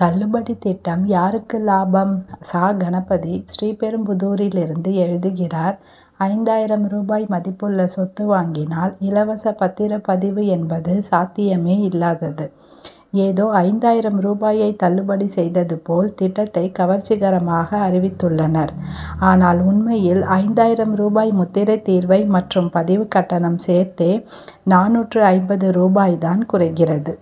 தள்ளுபடி திட்டம் யாருக்கு லாபம்? ச. கணபதி, ஸ்ரீபெரும்புதூரிலிருந்து எழுதுகிறார் ஐந்தாயிரம் ரூபாய் மதிப்புள்ள சொத்து வாங்கினால், இலவச பத்திரப்பதிவு என்பது சாத்தியமே இல்லாதது. ஏதோ ஐந்தாயிரம் ரூபாயை தள்ளுபடி செய்தது போல், திட்டத்தை கவர்ச்சிகரமாக அறிவித்துள்ளனர். ஆனால், உண்மையில் ஐந்தாயிரம் ரூபாய் முத்திரை தீர்வை மற்றும் பதிவு கட்டணம் சேர்த்தே, நானூற்று ஐம்பது ரூபாய் தான் குறைகிறது.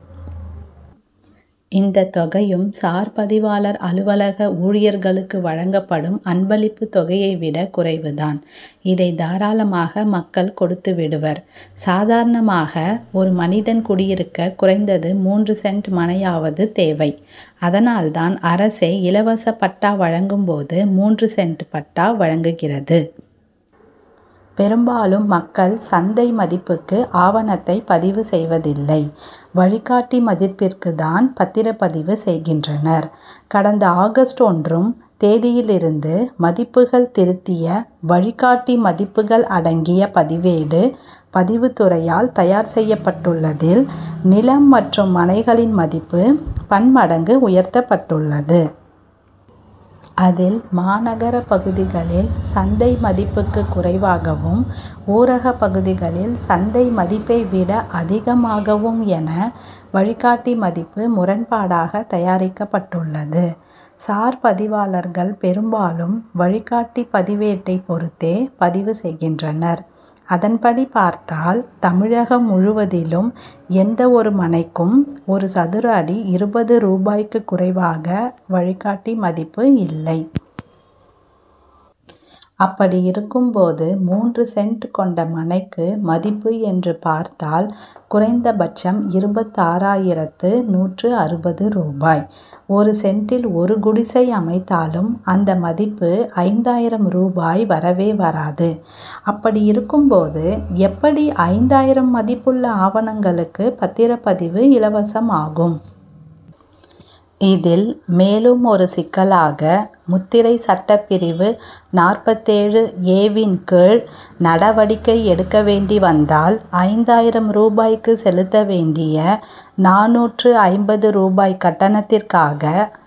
இந்த தொகையும், சார் பதிவாளர் அலுவலக ஊழியர்களுக்கு வழங்கப்படும் அன்பளிப்பு தொகையைவிட குறைவு தான். இதை தாராளமாக மக்கள் கொடுத்து விடுவர். சாதாரணமாக, ஒரு மனிதன் குடியிருக்க குறைந்தது மூன்று சென்ட் மனையாவது தேவை. அதனால் தான், அரசே இலவச பட்டா வழங்கும் போது, மூன்று சென்ட் பட்டா வழங்குகிறது. பெரும்பாலும் மக்கள், சந்தை மதிப்புக்கு ஆவணத்தை பதிவு செய்வதில்லை. வழிகாட்டி மதிப்பிற்கு தான் பத்திரப் பதிவு செய்கின்றனர். கடந்த ஆகஸ்ட் ஒன்றும் தேதியிலிருந்து, மதிப்புகள் திருத்திய வழிகாட்டி மதிப்புகள் அடங்கிய பதிவேடு, பதிவுத்துறையால் தயார் செய்யப்பட்டுள்ளதில், நிலம் மற்றும் மனைகளின் மதிப்பு பன் மடங்கு உயர்த்தப்பட்டுள்ளது. அதில், மாநகர பகுதிகளில், சந்தை மதிப்புக்கு குறைவாகவும், ஊரக பகுதிகளில், சந்தை மதிப்பை விட அதிகமாகவும் என, வழிகாட்டி மதிப்பு முரண்பாடாக தயாரிக்கப்பட்டுள்ளது. சார் பதிவாளர்கள் பெரும்பாலும், வழிகாட்டி பதிவேட்டை பொருத்தே பதிவு செய்கின்றனர். அதன்படி பார்த்தால், தமிழகம் முழுவதிலும், எந்த ஒரு மனைக்கும், ஒரு சதுரடி இருபது ரூபாய்க்கு குறைவாக வழிகாட்டி மதிப்பு இல்லை. அப்படியிருக்கும் போது, மூன்று சென்ட் கொண்ட மனைக்கு மதிப்பு என்று பார்த்தால், குறைந்தபட்சம் இருபத்தாறாயிரத்து நூற்று அறுபது ரூபாய். ஒரு சென்டில் ஒரு குடிசை அமைத்தாலும், அந்த மதிப்பு, ஐந்தாயிரம் ரூபாய் வரவே வராது. அப்படியிருக்கும் போது, எப்படி ஐந்தாயிரம் மதிப்புள்ள ஆவணங்களுக்கு பத்திரப் பதிவு இலவசமாகும். இதில், மேலும் ஒரு சிக்கலாக, முத்திரை சட்டப்பிரிவு நாற்பத்தேழு ஏ-வின் கீழ் நடவடிக்கை எடுக்க வேண்டி வந்தால், ஐந்தாயிரம் ரூபாய்க்கு செலுத்த வேண்டிய நானூற்று ஐம்பது ரூபாய் கட்டணத்திற்காக,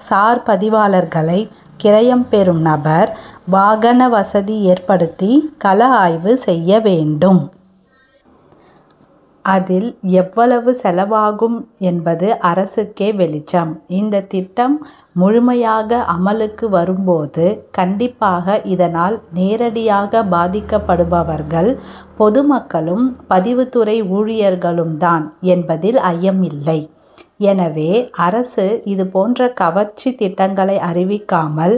சார் பதிவாளர்களை, கிரையம் பெறும் நபர், வாகன வசதி ஏற்படுத்தி, கள ஆய்வு செய்ய வேண்டும். அதில் எவ்வளவு செலவாகும் என்பது அரசுக்கே வெளிச்சம். இந்த திட்டம் முழுமையாக அமலுக்கு வரும் போது, கண்டிப்பாக இதனால் நேரடியாக பாதிக்கப்படுபவர்கள், பொது மக்களும், பதிவுத்துறை ஊழியர்களும் தான் என்பதில் ஐயம் இல்லை. எனவே, அரசு இது போன்ற கவர்ச்சி திட்டங்களை அறிவிக்காமல்,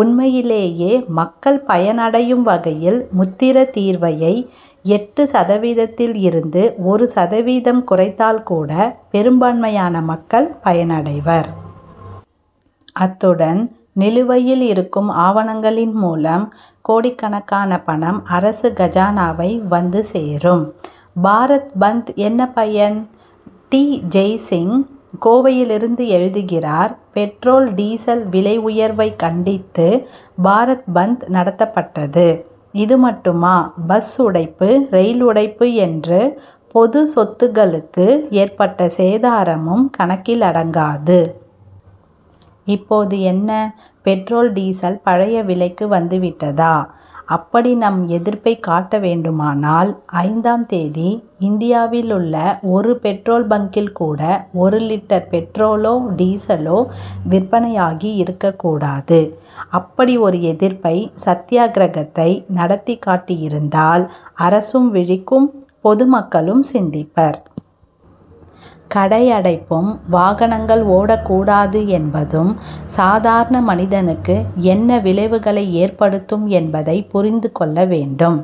உண்மையிலேயே மக்கள் பயன் அடையும் வகையில், முத்திரைத் தீர்வையை, எட்டு சதவீதத்தில் இருந்து, ஒரு சதவீதம் குறைத்தால் கூட, பெரும்பான்மையான மக்கள் பயனடைவர். அத்துடன், நிலுவையில் இருக்கும் ஆவணங்களின் மூலம், கோடிக்கணக்கான பணம் அரசு கஜானாவை வந்து சேரும். பாரத் பந்த் என்ன பயன்? டி. ஜெய்சிங், கோவையிலிருந்து எழுதுகிறார் பெட்ரோல், டீசல் விலை உயர்வை கண்டித்து, பாரத் பந்த் நடத்தப்பட்டது. இது மட்டுமாபஸ் உடைப்பு, ரயில் உடைப்பு என்று, பொதுச் சொத்துக்களுக்கு ஏற்பட்ட சேதாரமும் கணக்கிலடங்காது. இப்போது என்ன, பெட்ரோல், டீசல் பழைய விலைக்கு வந்து விட்டதா? அப்படி நம் எதிர்ப்பை காட்ட வேண்டுமானால், ஐந்தாம் தேதி, இந்தியாவிலுள்ள ஒரு பெட்ரோல் பங்க்கில் கூட, ஒரு லிட்டர் பெட்ரோலோ, டீசலோ விற்பனை ஆகி இருக்கக்கூடாது. அப்படி ஒரு எதிர்ப்பை, சத்யாகிரகத்தை நடத்திக் காட்டியிருந்தால், அரசும் விழிக்கும்; பொது மக்களும் சிந்திப்பர். கடையடைப்பும், வாகனங்கள் ஓடக்கூடாது என்பதும், சாதாரண மனிதனுக்கு என்ன விளைவுகளை ஏற்படுத்தும் என்பதை புரிந்து கொள்ள வேண்டும்.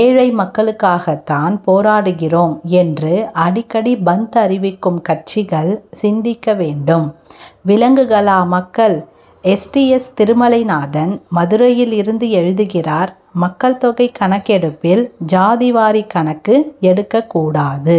ஏழை மக்களுக்காகத் தான் போராடுகிறோம் என்று அடிக்கடி பந்த் அறிவிக்கும் கட்சிகள், சிந்திக்க வேண்டும். விலங்குகளா மக்கள்? எஸ். டி. எஸ். திருமலைநாதன், மதுரையிலிருந்து எழுதுகிறார் மக்கள்தொகை கணக்கெடுப்பில், ஜாதிவாரி கணக்கு எடுக்கக்கூடாது.